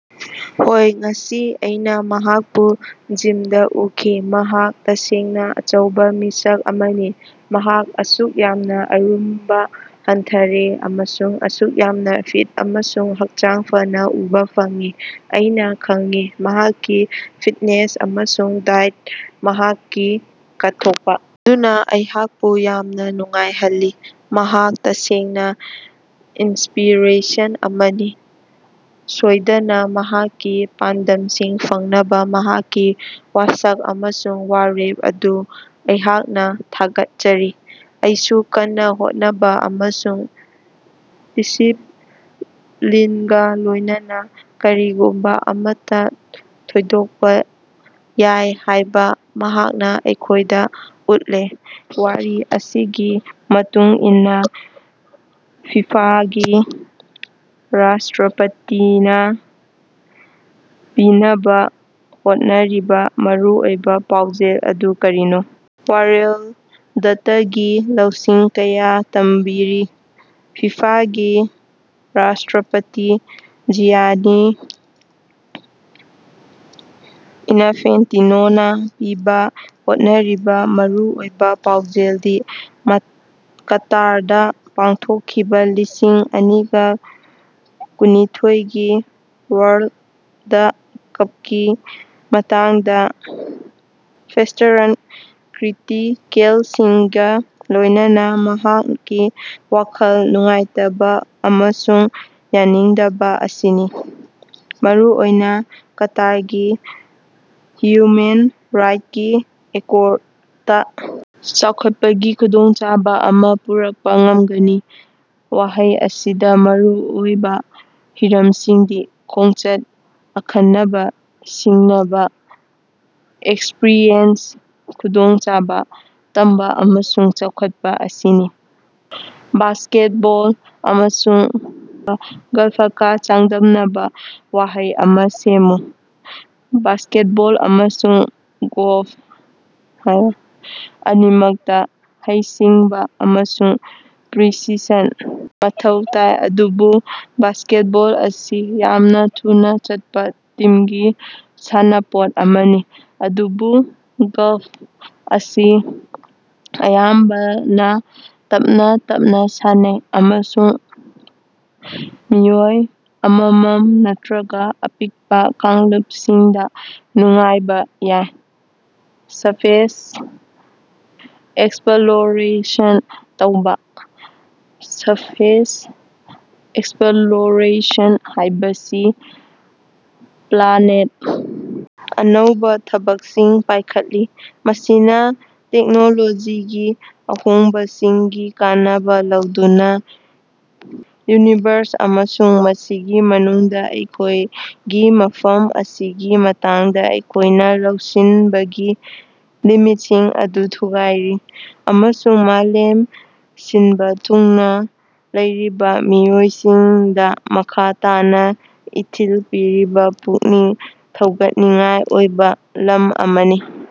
ꯍꯣꯏ ꯉꯁꯤ ꯑꯩꯅ ꯃꯍꯥꯛꯄꯨ ꯖꯤꯝꯗ ꯎꯈꯤ꯫ ꯃꯍꯥꯛ ꯇꯁꯦꯡꯅ ꯑꯆꯧꯕ ꯃꯤꯁꯛ ꯑꯃꯅꯤ꯫ ꯃꯍꯥꯛ ꯑꯁꯨꯛ ꯌꯥꯝꯅ ꯑꯔꯨꯝꯕ ꯍꯟꯊꯔꯦ ꯑꯃꯁꯨꯡ ꯑꯁꯨꯛ ꯌꯥꯝꯅ ꯐꯤꯠ ꯑꯃꯁꯨꯡ ꯍꯛꯆꯥꯡ ꯐꯅ ꯎꯕ ꯐꯪꯏ꯫ ꯑꯩꯅ ꯈꯪꯏ꯫ ꯃꯍꯥꯛꯀꯤ ꯐꯤꯠꯅꯦꯁ ꯑꯃꯁꯨꯡ ꯗꯥꯏꯇ ꯃꯍꯥꯛꯀꯤ ꯀꯠꯊꯣꯛꯄ ꯑꯗꯨꯅ ꯑꯩꯍꯥꯛꯄꯨ ꯌꯥꯝꯅ ꯅꯨꯡꯉꯥꯏꯍꯜꯂꯤ꯫ ꯃꯍꯥꯛ ꯇꯁꯦꯡꯅ ꯏꯟꯁꯄꯤꯔꯦꯁꯟ ꯑꯃꯅꯤ꯫ ꯁꯣꯏꯗꯅ ꯃꯍꯥꯛꯀꯤ ꯄꯥꯟꯗꯝꯁꯤꯡ ꯐꯪꯅꯕ ꯃꯍꯥꯛꯀꯤ ꯋꯥꯁꯛ ꯑꯃꯁꯨꯡ ꯋꯥꯔꯦꯞ ꯑꯗꯨ ꯑꯩꯍꯥꯛꯅ ꯊꯥꯒꯠꯆꯔꯤ꯫ ꯑꯩꯁꯨ ꯀꯟꯅ ꯍꯣꯠꯅꯕ ꯑꯃꯁꯨꯡ ꯗꯤꯁꯤꯞ ꯂꯤꯟꯒ ꯂꯣꯏꯅꯅ ꯀꯔꯤꯒꯨꯝꯕ ꯑꯃꯠꯇ ꯊꯣꯏꯗꯣꯛꯄ ꯌꯥꯏ ꯍꯥꯏꯕ ꯃꯍꯥꯛꯅ ꯑꯩꯈꯣꯏꯗ ꯎꯠꯂꯦ꯫ ꯋꯥꯔꯤ ꯑꯁꯤꯒꯤ ꯃꯇꯨꯡ ꯏꯟꯅ ꯐꯤꯐꯥꯒꯤ ꯔꯥꯁ꯭ꯇꯔꯄꯇꯤꯅꯥ ꯄꯤꯅꯕ ꯍꯣꯠꯅꯔꯤꯕ ꯃꯔꯨꯑꯣꯏꯕ ꯄꯥꯎꯖꯦꯜ ꯑꯗꯨ ꯀꯔꯤꯅꯣ? ꯋꯥꯔꯜꯗꯇꯒꯤ ꯂꯧꯁꯤꯡ ꯀꯌꯥ ꯇꯝꯕꯤꯔꯤ꯫" ꯐꯤꯐꯥꯒꯤ ꯔꯥꯁ꯭ꯇꯔꯄꯇꯤ ꯖꯤꯌꯥꯅꯤ ꯏꯅꯐꯦꯟꯇꯤꯅꯣꯅꯥ ꯄꯤꯕ ꯍꯣꯠꯅꯔꯤꯕ ꯃꯔꯨꯑꯣꯏꯕ ꯄꯥꯎꯖꯦꯜꯗꯤ ꯃꯥ ꯀꯇꯥꯔꯗꯥ ꯄꯥꯡꯊꯣꯛꯈꯤꯕ ꯂꯤꯁꯤꯡ ꯑꯅꯤꯒ ꯀꯨꯟꯅꯤꯊꯣꯏꯒꯤ ꯋꯥꯔꯜꯗ ꯀꯄꯀꯤ ꯃꯇꯥꯡꯗ ꯋꯦꯁ꯭ꯇꯔꯟ ꯀ꯭ꯔꯤꯇꯤꯀꯦꯜꯁꯤꯡꯒ ꯂꯣꯏꯅꯅ ꯃꯍꯥꯛꯀꯤ ꯋꯥꯈꯜ ꯅꯨꯡꯉꯥꯏꯇꯕꯥ ꯑꯃꯁꯨꯡ ꯌꯥꯅꯤꯡꯗꯕ ꯑꯁꯤꯅꯤ꯫ ꯃꯔꯨꯑꯣꯏꯅ ꯀꯇꯥꯔꯒꯤ ꯍ꯭ꯌꯨꯃꯦꯟ ꯔꯥꯏꯠꯁꯀꯤ ꯔꯦꯀꯣꯔꯗꯇ ꯆꯥꯎꯈꯠꯄꯒꯤ ꯈꯨꯗꯣꯡꯆꯥꯕ ꯑꯃꯥ ꯄꯨꯔꯛꯄ ꯉꯝꯒꯅꯤ꯫ ꯋꯥꯍꯩ ꯑꯁꯤꯗ ꯃꯔꯨ ꯑꯣꯏꯕ ꯍꯤꯔꯝꯁꯤꯡꯗꯤ ꯈꯣꯡꯆꯠ, ꯑꯈꯟꯅꯕ, ꯁꯤꯡꯅꯕ ꯑꯦꯛꯁꯄꯔꯤꯌꯦꯟꯁ, ꯈꯨꯗꯣꯡꯆꯥꯕ, ꯇꯝꯕ ꯑꯃꯁꯨꯡ ꯆꯥꯎꯈꯠꯄ ꯑꯁꯤꯅꯤ꯫ ꯕꯥꯁ꯭ꯀꯦꯠꯕꯣꯜ ꯑꯃꯁꯨꯡ ꯒꯜꯐꯀ ꯆꯥꯡꯗꯝꯅꯕ ꯋꯥꯍꯩ ꯑꯃ ꯁꯦꯝꯃꯨ꯫ ꯕꯥꯁ꯭ꯀꯦꯠꯕꯣꯜ ꯑꯃꯁꯨꯡ ꯒꯣꯜꯐ ꯑꯅꯤꯃꯛꯇ ꯍꯩꯁꯤꯡꯕ ꯑꯃꯁꯨꯡ ꯄ꯭ꯔꯤꯁꯤꯁꯟ ꯃꯊꯧ ꯇꯥꯏ꯫ ꯑꯗꯨꯕꯨ ꯕꯥꯁ꯭ꯀꯦꯠꯕꯣꯜ ꯑꯁꯤ ꯌꯥꯝꯅ ꯊꯨꯅ ꯆꯠꯄ ꯇꯤꯝꯒꯤ ꯁꯥꯟꯅꯄꯣꯠ ꯑꯃꯅꯤ꯫ ꯑꯗꯨꯕꯨ ꯒꯜꯐ ꯑꯁꯤ ꯑꯌꯥꯝꯕꯅ ꯇꯞꯅ ꯇꯞꯅ ꯁꯥꯟꯅꯩ ꯑꯃꯁꯨꯡ ꯃꯤꯑꯣꯏ ꯑꯃꯃꯝ ꯅꯠꯇ꯭ꯔꯒ ꯑꯄꯤꯛꯄ ꯀꯥꯡꯂꯨꯄꯁꯤꯡꯗ ꯅꯨꯡꯉꯥꯏꯕ ꯌꯥꯏ꯫ ꯁꯄꯦꯁ ꯑꯦꯛꯁꯞꯂꯣꯔꯦꯁꯟ ꯇꯧꯕ꯫ ꯁꯄꯦꯁ ꯑꯦꯛꯁꯞꯂꯣꯔꯦꯁꯟ ꯍꯥꯏꯕꯁꯤ ꯄ꯭ꯂꯥꯅꯦꯠ, ꯑꯅꯧꯕ ꯊꯕꯛꯁꯤꯡ ꯄꯥꯏꯈꯠꯂꯤ꯫ ꯃꯁꯤꯅ ꯇꯦꯛꯅꯣꯂꯣꯖꯤꯒꯤ ꯑꯍꯣꯡꯕꯁꯤꯡꯒꯤ ꯀꯥꯟꯅꯕ ꯂꯧꯗꯨꯅ ꯌꯨꯅꯤꯚꯔꯁ ꯑꯃꯁꯨꯡ ꯃꯁꯤꯒꯤ ꯃꯅꯨꯡꯗ ꯑꯩꯈꯣꯏꯒꯤ ꯃꯐꯝ ꯑꯁꯤꯒꯤ ꯃꯇꯥꯡꯗ ꯑꯩꯈꯣꯏꯅ ꯂꯧꯁꯤꯟꯕꯒꯤ ꯂꯤꯃꯤꯠꯁꯤꯡ ꯑꯗꯨ ꯊꯨꯒꯥꯏꯔꯤ꯫ ꯑꯃꯁꯨꯡ ꯃꯥꯂꯦꯝ ꯁꯤꯟꯕ ꯊꯨꯡꯅ ꯂꯩꯔꯤꯕ ꯃꯤꯑꯣꯏꯁꯤꯡꯗ ꯃꯈꯥ ꯇꯥꯅ ꯏꯊꯤꯜ ꯄꯤꯔꯤꯕ ꯄꯨꯛꯅꯤꯡ ꯊꯧꯒꯠꯅꯤꯡꯉꯥꯏ ꯑꯣꯏꯕ ꯂꯝ ꯑꯃꯅꯤ꯫